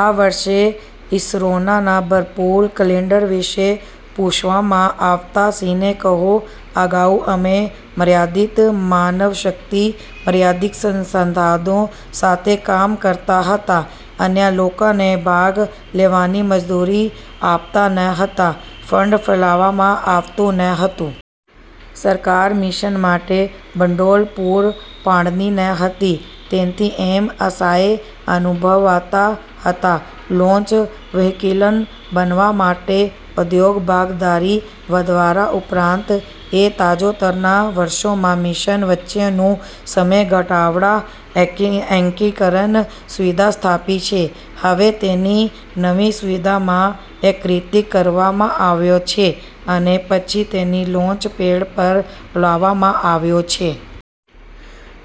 આ વર્ષે ઈસરોના ભરપૂર કેલેન્ડર વિશે પૂછવામાં આવતા સિંહે કહ્યું, "અગાઉ અમે મર્યાદિત માનવશક્તિ, મર્યાદિત સંસાધનો સાથે કામ કરતા હતા. અન્ય લોકોને ભાગ લેવાની મંજૂરી આપતા ન હતા. ફંડ ફાળવવામાં આવતું ન હતું. સરકાર મિશન માટે ભંડોળ પૂરું પાડતી ન હતી. તેથી અમે અસહાય અનુભવતા હતા. લોન્ચ વ્હીકલ બનાવવા માટે ઉદ્યોગ ભાગીદારી વધારવા ઉપરાંત, એ તાજેતરના વર્ષોમાં મિશન વચ્ચેનો સમય ઘટાડવા એકીકરણ સુવિધા સ્થાપી છે. હવે, તેને નવી સુવિધામાં એકીકૃત કરવામાં આવ્યું છે અને પછી તેને લોન્ચ પેડ પર લાવવામાં આવ્યું છે.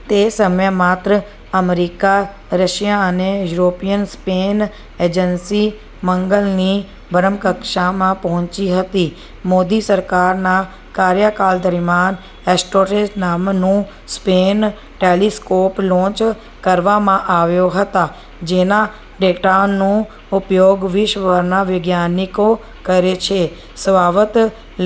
તે સમયે માત્ર અમેરિકા, રશિયા અને યુરોપિયન સ્પેસ એજન્સી મંગળની ભ્રમણકક્ષામાં પહોંચી હતી. મોદી સરકારના કાર્યકાળ દરમિયાન એસ્ટ્રોસેટ નામનું સ્પેસ ટેલિસ્કોપ લોન્ચ કરવામાં આવ્યું હતું, જેના ડેટાનો ઉપયોગ વિશ્વભરના વૈજ્ઞાનિકો કરે છે. સ્વાયત્ત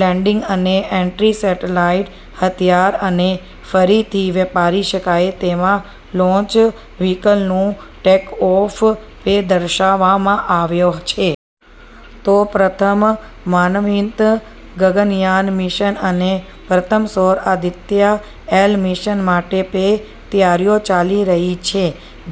લેન્ડિંગ અને એન્ટી-સેટેલાઇટ હથિયાર અને ફરીથી વાપરી શકાય તેવા લોન્ચ વ્હીકલનું ટેકઓફ પણ દર્શાવવામાં આવ્યું છે. તો, પ્રથમ માનવરહિત ગગનયાન મિશન અને પ્રથમ સૌર આદિત્ય એલ મિશન માટે પણ તૈયારીઓ ચાલી રહી છે,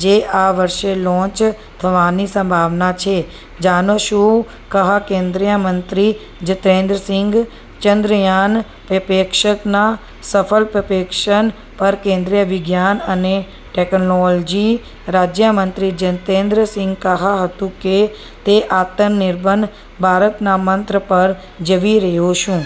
જે આ વર્ષે લોન્ચ થવાની સંભાવના છે. જાણો શું કહ્યું કેન્દ્રીય મંત્રી જીતેન્દ્ર સિંહ? ચંદ્રયાન પ્રક્ષેપણના સફળ પ્રક્ષેપણ પર કેન્દ્રીય વિજ્ઞાન અને ટેકનોલોજી રાજ્ય મંત્રી જિતેન્દ્ર સિંહે કહ્યું હતું કે, તે આત્મનિર્ભર ભારતના મંત્ર પર જીવી રહ્યું છે.